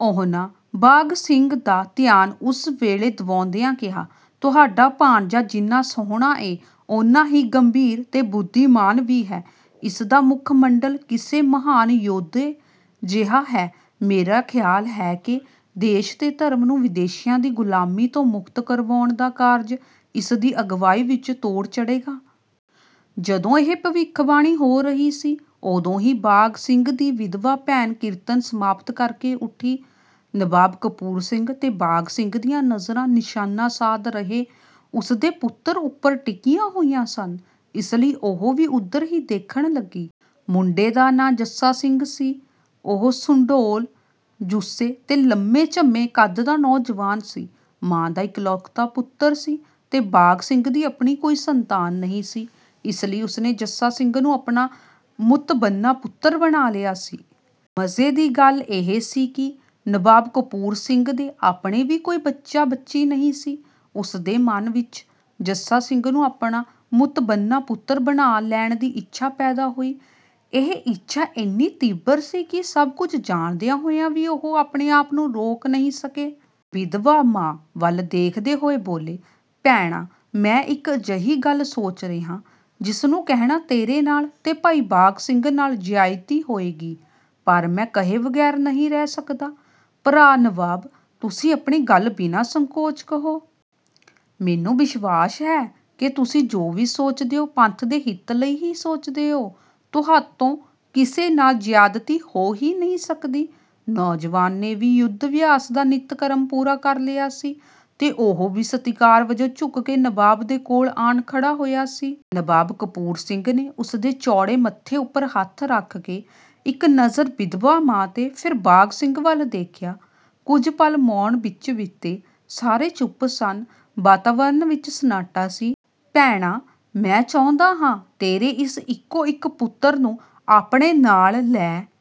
ਉਹਨਾਂ ਬਾਘ ਸਿੰਘ ਦਾ ਧਿਆਨ ਉਸ ਵੱਲ ਦਿਵਾਉਂਦਿਆਂ ਕਿਹਾ, "ਤੁਹਾਡਾ ਭਾਣਜਾ ਜਿੰਨਾਂ ਸੋਹਣਾ ਏ, ਓਨਾਂ ਹੀ ਗੰਭੀਰ ਤੇ ਬੁੱਧੀਮਾਨ ਵੀ ਹੈ। ਇਸ ਦਾ ਮੁਖ-ਮੰਡਲ ਕਿਸੇ ਮਹਾਨ ਯੋਧੇ ਜਿਹਾ ਹੈ। ਮੇਰਾ ਖ਼ਿਆਲ ਹੈ ਕਿ ਦੇਸ਼ ਤੇ ਧਰਮ ਨੂੰ ਵਿਦੇਸ਼ੀਆਂ ਦੀ ਗ਼ੁਲਾਮੀ ਤੋਂ ਮੁਕਤ ਕਰਵਾਉਣ ਦਾ ਕਾਰਜ ਇਸ ਦੀ ਅਗਵਾਈ ਵਿੱਚ ਤੋੜ ਚੜ੍ਹੇਗਾ।" ਜਦੋਂ ਇਹ ਭਵਿੱਖਬਾਣੀ ਹੋ ਰਹੀ ਸੀ, ਉਦੋਂ ਹੀ ਬਾਘ ਸਿੰਘ ਦੀ ਵਿਧਵਾ ਭੈਣ ਕੀਰਤਨ ਸਮਾਪਤ ਕਰਕੇ ਉੱਠੀ। ਨਵਾਬ ਕਪੂਰ ਸਿੰਘ ਤੇ ਬਾਘ ਸਿੰਘ ਦੀਆਂ ਨਜ਼ਰਾਂ ਨਿਸ਼ਾਨਾ ਸਾਧ ਰਹੇ ਉਸਦੇ ਪੁੱਤਰ ਉੱਪਰ ਟਿਕੀਆਂ ਹੋਈਆਂ ਸਨ, ਇਸ ਲਈ ਉਹ ਵੀ ਉਧਰ ਹੀ ਦੇਖਣ ਲੱਗੀ। ਮੁੰਡੇ ਦਾ ਨਾਂ ਜੱਸਾ ਸਿੰਘ ਸੀ। ਉਹ ਸੁਡੌਲ ਜੁੱਸੇ ਤੇ ਲੰਮੇ-ਝੰਮੇ ਕੱਦ ਦਾ ਨੌਜਵਾਨ ਸੀ। ਮਾਂ ਦਾ ਇਕਲੌਤਾ ਪੁੱਤਰ ਸੀ ਤੇ ਬਾਘ ਸਿੰਘ ਦੀ ਆਪਣੀ ਕੋਈ ਸੰਤਾਨ ਨਹੀਂ ਸੀ, ਇਸ ਲਈ ਉਸ ਨੇ ਜੱਸਾ ਸਿੰਘ ਨੂੰ ਆਪਣਾ ਮੁਤਬੰਨਾ-ਪੁੱਤਰ ਬਣਾ ਲਿਆ ਸੀ। ਮਜੇ ਦੀ ਗੱਲ ਇਹ ਸੀ ਕਿ ਨਵਾਬ ਕਪੂਰ ਸਿੰਘ ਦੇ ਆਪਣੇ ਵੀ ਕੋਈ ਬੱਚਾ-ਬੱਚੀ ਨਹੀਂ ਸੀ। ਉਸਦੇ ਮਨ ਵਿੱਚ ਜੱਸਾ ਸਿੰਘ ਨੂੰ ਆਪਣਾ ਮੁਤਬੰਨਾ-ਪੁੱਤਰ ਬਣਾ ਲੈਣ ਦੀ ਇੱਛਾ ਪੈਦਾ ਹੋਈ। ਇਹ ਇੱਛਾ ਏਨੀ ਤੀਬਰ ਸੀ ਕਿ ਸਭ ਕੁਝ ਜਾਣਦਿਆਂ ਹੋਇਆਂ ਵੀ ਉਹ ਆਪਣੇ ਆਪ ਨੂੰ ਰੋਕ ਨਹੀਂ ਸਕੇ। ਵਿਧਵਾ ਮਾਂ ਵੱਲ ਦੇਖਦੇ ਹੋਏ ਬੋਲੇ, "ਭੈਣਾ ਮੈਂ ਇੱਕ ਅਜਿਹੀ ਗੱਲ ਸੋਚ ਰਿਹਾਂ, ਜਿਸ ਨੂੰ ਕਹਿਣਾ ਤੇਰੇ ਨਾਲ ਤੇ ਭਾਈ ਬਾਘ ਸਿੰਘ ਨਾਲ ਜ਼ਿਆਦਤੀ ਹੋਏਗੀ, ਪਰ ਮੈਂ ਕਹੇ ਬਗੈਰ ਨਹੀਂ ਰਹਿ ਸਕਦਾ।" "ਭਰਾ ਨਵਾਬ ਤੁਸੀਂ ਆਪਣੀ ਗੱਲ ਬਿਨਾਂ ਸੰਕੋਚ ਕਹੋ। ਮੈਨੂੰ ਵਿਸ਼ਵਾਸ ਹੈ ਕਿ ਤੁਸੀਂ ਜੋ ਵੀ ਸੋਚਦੇ ਓ ਪੰਥ ਦੇ ਹਿੱਤ ਲਈ ਹੀ ਸੋਚਦੇ ਓ। ਤੁਹਾਤੋਂ ਕਿਸੇ ਨਾਲ ਜ਼ਿਆਦਤੀ ਹੋ ਹੀ ਨਹੀਂ ਸਕਦੀ।" ਨੌਜਵਾਨ ਨੇ ਵੀ ਯੁੱਧ ਅਭਿਆਸ ਦਾ ਨਿੱਤ-ਕਰਮ ਪੂਰਾ ਕਰ ਲਿਆ ਸੀ ਤੇ ਉਹ ਵੀ ਸਤਿਕਾਰ ਵਜੋਂ ਝੁਕ ਕੇ ਨਵਾਬ ਦੇ ਕੋਲ ਆਣ ਖੜ੍ਹਾ ਹੋਇਆ ਸੀ। ਨਵਾਬ ਕਪੂਰ ਸਿੰਘ ਨੇ ਉਸਦੇ ਚੌੜੇ ਮੱਥੇ ਉੱਪਰ ਹੱਥ ਰੱਖ ਕੇ, ਇੱਕ ਨਜ਼ਰ ਵਿਧਵਾ ਮਾਂ ਤੇ ਫੇਰ ਬਾਘ ਸਿੰਘ ਵੱਲ ਦੇਖਿਆ। ਕੁਝ ਪਲ ਮੌਨ ਵਿੱਚ ਬੀਤੇ। ਸਾਰੇ ਚੁੱਪ ਸਨ। ਵਾਤਾਵਰਣ ਵਿੱਚ ਸੰਨਾਟਾ ਸੀ। "ਭੈਣਾ ਮੈਂ ਚਾਹੁੰਦਾ ਹਾਂ ਤੇਰੇ ਇਸ ਇੱਕੋ-ਇੱਕ ਪੁੱਤਰ ਨੂੰ ਆਪਣੇ ਨਾਲ ਲੈ